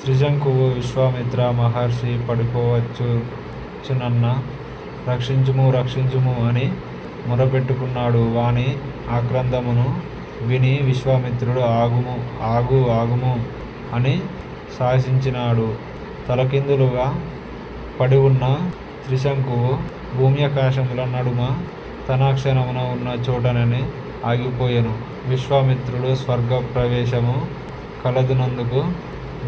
త్రిశంకువు విశ్వామిత్ర మహర్షీ పడిపోవుచున్నాను, రక్షించుము! రక్షించుము! అని మొఱపెట్టినాడు. వాని ఆక్రందనమును విని విశ్వామిత్రుడు ఆగు మాగుము! అని శాసించినాడు. తలకిందుగా పడుచున్న త్రిశంకువు భూమ్యాకాశముల నడుమ తానాక్షణమున ఉన్న చోటుననే ఆగిపోయెను. విశ్వామిత్రుడు స్వర్గప్రవేశము కలుగనందుకు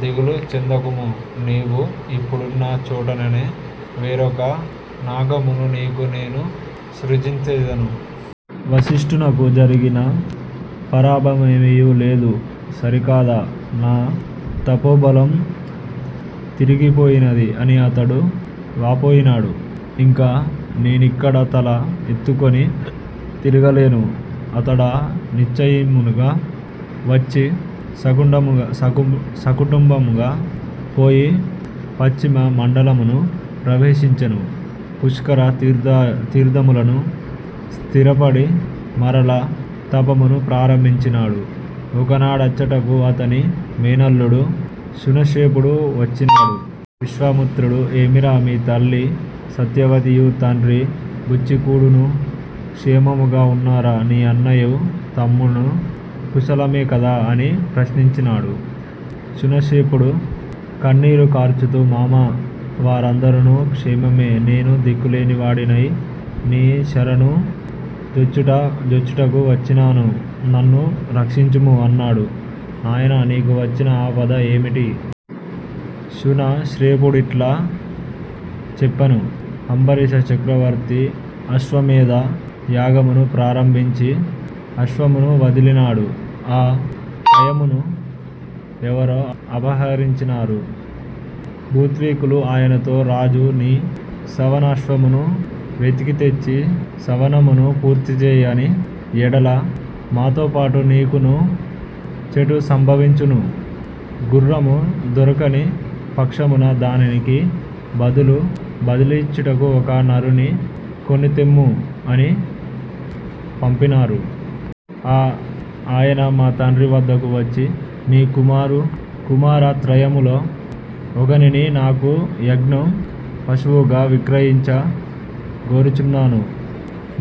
దిగులు చెందకుము, నీవు ఇప్పుడున్న చోటుననే వేరొక నాకమును నీకు నేను సృజించెదను! వసిష్ఠునకు జరిగిన పరాభవమేమియూ లేదు సరికాద నా తపోబలము తరిగిపోయినది! అని అతడు వాపోయినాడు. ఇంక నేనిక్కడ తల ఎత్తుకొని తి రిగిపోయినది! అతడా నిశ్చయమునకు వచ్చి, సకుటుంబముగా పోయి పశ్చిమ మండలమును ప్రవేశించెను. పుష్కర తీర్ధములను స్థిరపడి మరల తపమును ప్రారంభించినాడు. ఒకనాడచ్చటకు అతని మేనల్లుడు శునశ్శేఫుడు వచ్చినాడు. విశ్వామిత్రుడు ఏమిరా, మీ తల్లి సత్యవతియూ తండ్రి బుచీకుడునూ క్షేమముగా ఉన్నారా? నీ అన్నయూ తమ్ముడునూ కుశలమే కదా? అని ప్రశ్నించినాడు. శునశ్శేఫుడు కన్నీరు కార్చుచూ, మామా, వారందరునూ క్షేమమే. నేనే దిక్కులేనివాడనై నీ శరణు జొచ్చుటకు వచ్చినాను. నన్ను రక్షించుము అన్నాడు. 'నాయనా నీకు వచ్చిన ఆపద యేమిటి? శునశ్శేఫుడిట్లు చెప్పెను, అంబరీష చక్రవర్తి ఆశ్వమేధ యాగమును ప్రారంభించి అశ్వమును వదలినాడు. ఆ హయమును ఎవరో అవహరించినారు. ఋత్విక్కులు ఆయనతో 'రాజా నీ సవనాశ్వమును వెతికితెచ్చి సవనమును పూర్తిచేయని యెడల మాతోపాటు నీకునూ చేటు సంభవించును. గుర్రము దొరకని పక్షమున దానికి బదులు బలియిచ్చుటకు ఒక నరుని కొనితెమ్ము' అని పంపినారు. ఆయన మా తండ్రి వద్దకు వచ్చి 'నీ కుమారత్రయములో ఒకనిని నాకు యజ్ఞ పశువుగా విక్రయించ గోరుచున్నాను.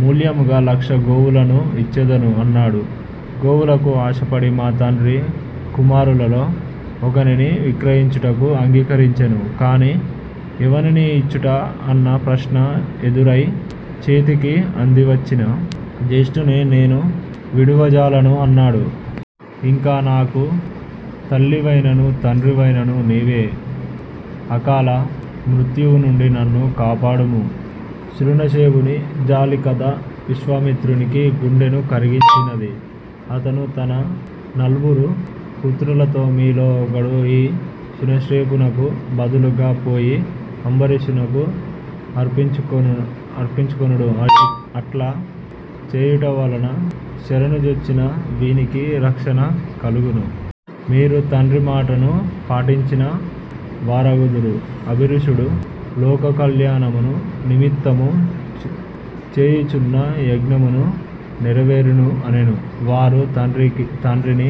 మూల్యముగా లక్ష గోవులను ఇచ్చెదను' అన్నాడు. గోవులకు ఆశపడి మా తండ్రి కుమారులలో ఒకనిని విక్రయించుటకు అంగీకరించెను కాని 'ఎవనిని ఇచ్చుట? అన్న ప్రశ్న ఎదురై చేతికి అందివచ్చిన జ్యేష్ఠుని నేను విడువజాలను' అన్నాడు. ఇంక నాకు తల్లివైననూ తండ్రివైననూ నీవే. అకాల మృత్యువు నుండి నన్ను కాపాడుము. శునశ్శేఫుని జాలి కథ విశ్వామిత్రుని గుండెను కరిగించినది. అతడు తన నల్వురు పుత్రులతో మీలో ఒకడు ఈ శునశ్శేఫునకు బదులుగా పోయి అంబరీషునకు అర్పించుకొనుడు. అట్లు చేయుట వలన శరణుజొచ్చిన వీనికి రక్షణ కలుగును. మీరు తండ్రి మాటను పాటించిన వారగుదురు. అభిరుషుడు లోకకల్యాణము నిమిత్తము చేయుచున్న యజ్ఞమునూ నెరవేరును అనెను. వారు తండ్రిని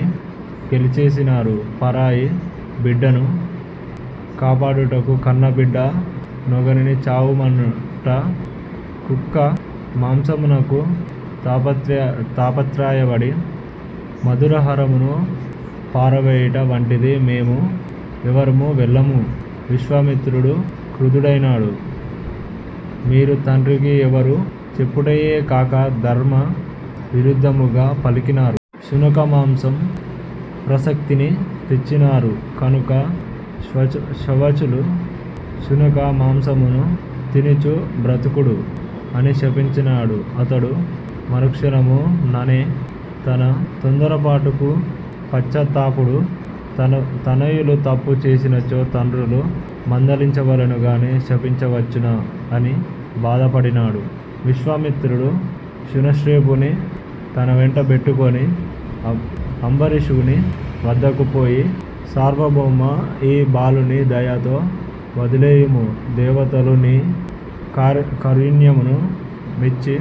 గేలిచేసినారు 'పరాయి బిడ్డను కాపాడుటకు కన్నబిడ్డ నొకనిని చావుమనుట కుక్క మాంసమునకు తాపత్రయపడి మధురాహారమును పారవేయుట వంటిది! మేము ఎవరమూ వెళ్ళము! విశ్వామిత్రుడు క్రుద్ధుడైనాడు. మీరు తండ్రికి ఎవరు చెప్పుటయే కాక ధర్మ విరుద్ధముగా పలికినారు! శునక మాంస ప్రసక్తిని తెచ్చినారు కనుక శ్వవచులు ఐ శునక మాంసమును తినుచూ బ్రతుకుడు! అని శపించినాడు అతడు మరుక్షణము ననె తన తొందరపాటునకు పశ్చాత్తప్తుడైనాడు. తనయులు తప్పు చేసినచో తండ్రులు మందలించవలెను గాని శపించవచ్చునా? అని బాధపడినాడు. విశ్వామిత్రుడు శునశ్శేఫుని తనవెంట బెట్టుకొని అంబరీషుని వద్దకు పోయి సార్వభౌమా, ఈ బాలుని దయతో వదలివేయుము. దేవతలు నీ కారుణ్యమును మెచ్చి